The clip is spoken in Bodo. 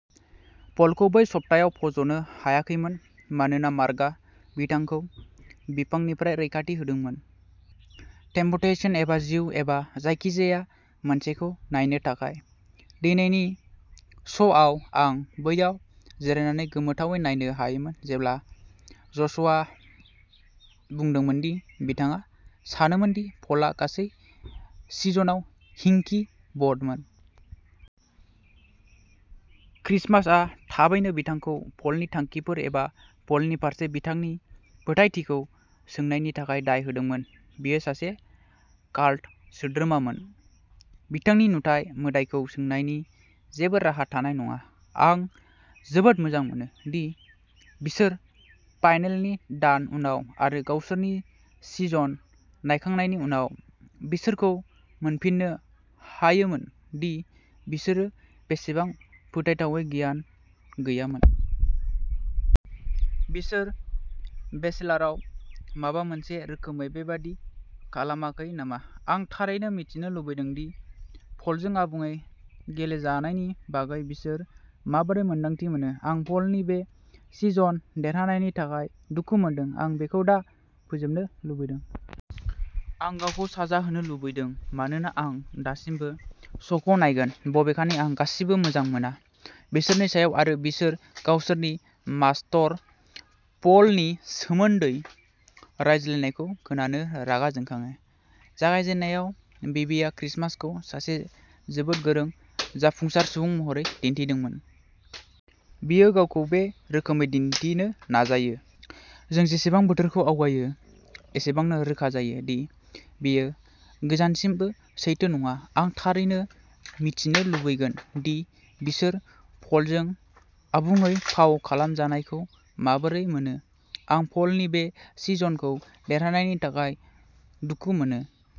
पलखौ बै सप्तायाव फज'नो हायाखैमोन मानोना मार्कआ बिथांखौ बिफांनिफ्राय रैखाथि होदोंमोन। टेम्पटेशन एबा जिउ एबा जायखिजाया मोनसेखौ नायनो थाखाय। दिनैनि श'आव, आं बैयाव जिरायनानै गोमोथावै नायनो हायोमोन, जेब्ला ज'शआ बुंदोंमोन दि बिथाङा सानोमोन दि पलआ गासै सिजनआव हिंकी भ'टमोन। क्रिसमासआ थाबैनो बिथांखौ पलनि थांखिफोर एबा पलनि फारसे बिथांनि फोथायथिखौ सोंनायनि थाखाय दाय होदोंमोन। बियो सासे काल्ट सोद्रोमामोन। बिथांनि नुथायाव मोदाइखौ सोंनायनि जेबो राहा थानाय नङा। आं जोबोद मोजां मोनो दि बिसोर फाइनेलनि दान उनाव आरो गावसोरनि सिजन नायखांनायनि उनाव बिसोरखौ मोनफिननो हायोमोन दि बिसोरो बेसेबां फोथायथावै गियान गैयैमोन। बिसोर बेचेलारआव माबा मोनसे रोखोमै बेबादि खालामाखै नामा? आं थारैनो मिथिनो लुबैदों दि पलजों आबुङै गेलेजानायनि बागै बिसोर माबोरै मोन्दांथि मोनो। आं पलनि बे सिजन देरहानायनि थाखाय दुखु मोनदों। आं बेखौ दा फोजोबनो लुबैदों। आं गावखौ साजा होनो लुबैदों मानोना आं दासिमबो श'खौ नायगोन, बबेखानि आं गासिबो मोजां मोना। बिसोरनि सायाव आरो बिसोर गावसोरनि मास्तर, पलनि सोमोन्दै रायज्लायनायखौ खोनानो रागा जोंखाङो। जागायजेननायाव, बीबीआ क्रिसमासखौ सासे जोबोद गोरों, जाफुंसार सुबुं महरै दिन्थिदोंमोन। बियो गावखौ बे रोखोमै दिन्थिनो नाजायो। जों जेसेबां बोथोरखौ आवगायो, एसेबांनो रोखा जायो दि बेयो गोजानसिमबो सैथो नङा। आं थारैनो मिथिनो लुबैगोन दि बिसोर पलजों आबुङै फाव खालामजानायखौ माबोरै मोनो। आं पलनि बे सिजनखौ देरहानायनि थाखाय दुखु मोनो।